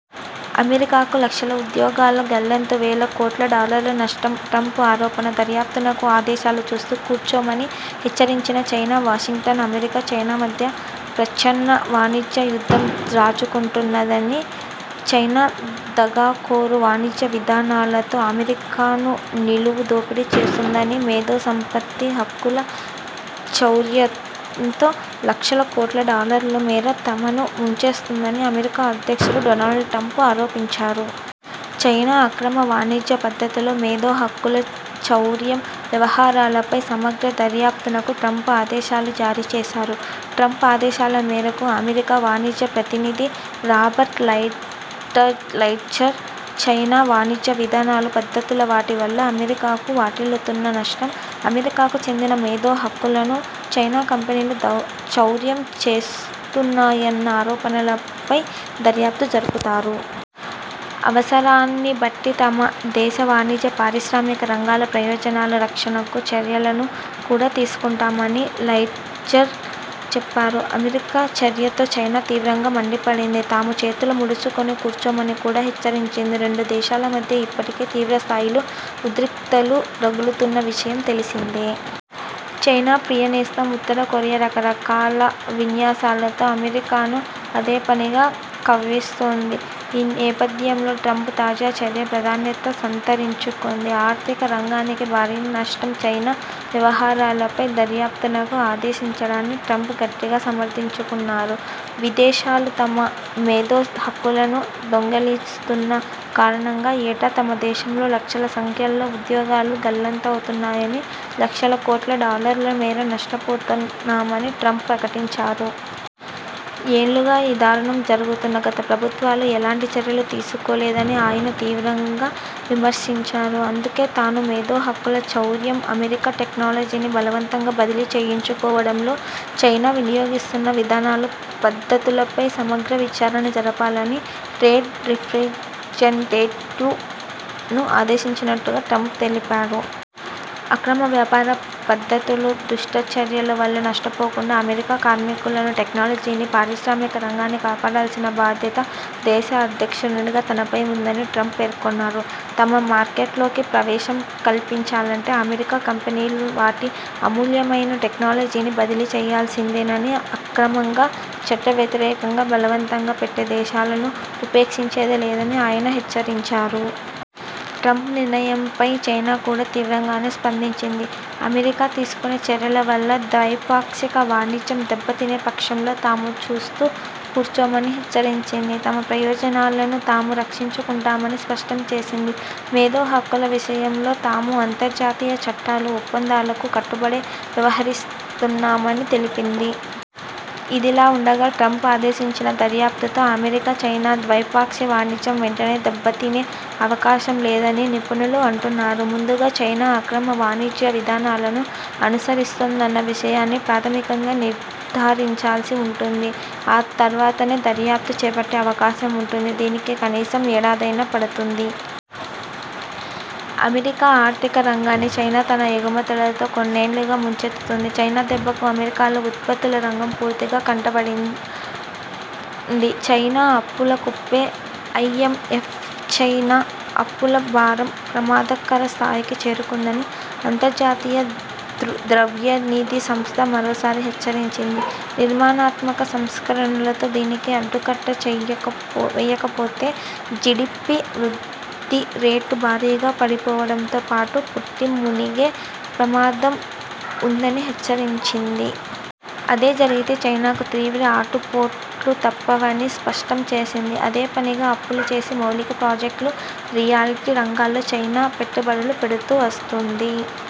అమెరికాకు లక్షల ఉద్యోగాల గల్లంతు వేల కోట్ల డాలర్ల నష్టం ట్రంప్ ఆరోపణ.. దర్యాప్తునకు ఆదేశాలు చూస్తూ కూర్చోమని హెచ్చరించిన చైనా వాషింగ్టన్ అమెరికా, చైనా మధ్య ప్రచ్ఛన్న వాణిజ్య యుద్ధం రాజుకుంటున్నదనీ. చైనా దగాకోరు వాణిజ్య విధానాలతో అమెరికాను నిలువు దోపిడీ చేస్తోందనీ, మేధో సంపత్తి హక్కుల చౌర్యంతో లక్షల కోట్ల డాలర్ల మేర తమను ముంచేస్తోందని అమెరికా అధ్యక్షుడు డొనాల్డ్ ట్రంప్ ఆరోపించారు. చైనా అక్రమ వాణిజ్య పద్ధతులు, మేధో హక్కుల చౌర్యం వ్యవహారాలపై సమగ్ర దర్యాప్తునకు ట్రంప్ ఆదేశాలు జారీ చేశారు. ట్రంప్ ఆదేశాల మేరకు అమెరికా వాణిజ్య ప్రతినిధి రాబర్ట్ లేచర్ లైట్జర్, చైనా వాణిజ్య విధానాలు, పద్ధతులు, వాటి వల్ల అమెరికాకు వాటిల్లుతున్న నష్టం, అమెరికాకు చెందిన మేధో హక్కులను చైనా కంపెనీలు చౌర్యం చేస్తున్నాయన్న ఆరోపణలపై దర్యాప్తు జరుపుతారు. అవసరాన్ని బట్టి తమ దేశ వాణిజ్య, పారిశ్రామిక రంగాల ప్రయోజనాల రక్షణకు చర్యలను కూడా తీసుకుంటామని లైట్జర్ చెప్పారు. అమెరికా చర్యతో చైనా తీవ్రంగా మండిపడింది. తాము చేతులు ముడుచుకొని కూర్చోమని కూడా హెచ్చరించింది. రెండు దేశాల మధ్య ఇప్పటికే తీవ్ర స్థాయిలో ఉద్రిక్తతలు రగులుతున్న విషయం తెలిసిందే. చైనా ప్రియ నేస్తం ఉత్తర కొరియా రకరకాల విన్యాసాలతో అమెరికాను అదేపనిగా కవ్విస్తోంది. ఈ నేపథ్యంలో ట్రంప్ తాజా చర్య ప్రాధాన్యత సంతరించుకుంది. ఆర్థిక రంగానికి భారీ నష్టం చైనా వ్యవహారాలపై దర్యాప్తునకు ఆదేశించడాన్ని ట్రంప్ గట్టిగా సమర్ధించుకున్నారు. విదేశాలు తమ మేధో హక్కులను దొంగిలిస్తున్న కారణంగా ఏటా తమ దేశం లో లక్షల సంఖ్యలో ఉద్యోగాలు గల్లంతవుతున్నాయనీ, లక్షల కోట్ల డాలర్ల మేర నష్టపోతున్నామని ట్రంప్ ప్రకటించారు. ఏళ్లుగా ఈ దారుణం జరుగుతున్నా, గత ప్రభుత్వాలు ఏలాంటి చర్యలు తీసుకోలేదని ఆయన తీవ్రంగా విమర్శించారు. అందుకే తాను, మేధో హక్కుల చౌర్యం, అమెరికా టెక్నాలజీని బలవంతంగా బదిలీ చేయించుకోవడంలో చైనా వినియోగిస్తున్న విధానాలు, పద్ధతులపై సమగ్ర విచారణ జరపాలని ట్రేడ్ రిప్రెజంటేటివ్ ను ఆదేశించినట్టుగా ట్రంప్ తెలిపారు. అక్రమ వ్యాపార పద్ధతులు, దుష్టచర్యల వల్ల నష్టపోకుండా అమెరికా కార్మికులను, టెక్నాలజీని, పారిశ్రామిక రంగాన్ని కాపాడాల్సిన బాధ్యత దేశ అధ్యక్షునిగా తనపై ఉందని ట్రంప్ పేర్కొన్నారు. తమ మార్కెట్లోకి ప్రవేశం కల్పించాలంటే అమెరికా కంపెనీలు వాటి అమూల్యమైన టెక్నాలజీని బదిలీ చేయాల్సిందేనని అక్రమంగా, చట్టవ్యతిరేకంగా బలవంత పెట్టే దేశాలను ఉపేక్షించేది లేదని ఆయన హెచ్చరించారు. ట్రంప్ నిర్ణయంపై చైనా కూడా తీవ్రంగానే స్పందించింది. అమెరికా తీసుకునే చర్యల వల్ల ద్వైపాక్షిక వాణిజ్యం దెబ్బతినే పక్షంలో తాము చూస్తూ కూర్చోమని హెచ్చరించింది. తమ ప్రయోజనాలను తాము రక్షించుకుంటామని స్పష్టం చేసింది. మేధో హక్కుల విషయంలో తాము అంతర్జాతీయ చట్టాలు, ఒప్పందాలకు కట్టుబడే వ్యవహరిస్తున్నామని తెలిపింది. ఇదిలా ఉండగా ట్రంప్ ఆదేశించిన దర్యాప్తుతో అమెరికా, చైనా ద్వైపాక్షి వాణిజ్యం వెంటనే దెబ్బతినే అవకాశం లేదని నిపుణులు అంటున్నారు. ముందుగా చైనా అక్రమ వాణిజ్య విధానాలను అనుసరిస్తుందన్న విషయాన్ని ప్రాధమికంగా నిర్ధారించాల్సి ఉంటుంది. ఆ తర్వాతనే దర్యాప్తు చేపట్టే అవకాశం ఉంటుంది. దీనికి కనీసం ఏడాదైనా పడుతుంది. అమెరికా ఆర్థిక రంగాన్ని చైనా తన ఎగుమతులతో కొన్నేళ్లుగా ముంచెత్తుతోంది. చైనా దెబ్బకు అమెరికాలో ఉత్పత్తుల రంగం పూర్తిగా కుంటుబడింది. చైనా అప్పుల కుప్పే ఐఎంఎఫ్చైనా అప్పుల భారం ప్రమాదకర స్థాయికి చేరుకుందని అంతర్జాతీయ ద్రవ్యనిధి సంస్థ మరోసారి హెచ్చరించింది. నిర్మాణాత్మక సంస్కరణలతో దీనికి అడ్డుకట్ట చేయక వేయకపోతే జిడిపి వృద్ధి రేటు భారీగా పడిపోవడంతో పాటు పుట్టి మునిగే ప్రమాదం ఉందని హెచ్చరించింది. అదే జరిగితే చైనాకు తీవ్ర ఆటుపోట్లూ తప్పవని స్పష్టం చేసింది. అదేపనిగా అప్పులు చేసి మౌలిక ప్రాజెక్టులు, రియల్టీ రంగాల్లో చైనా పెట్టుబడులు పెడుతూ వస్తోంది.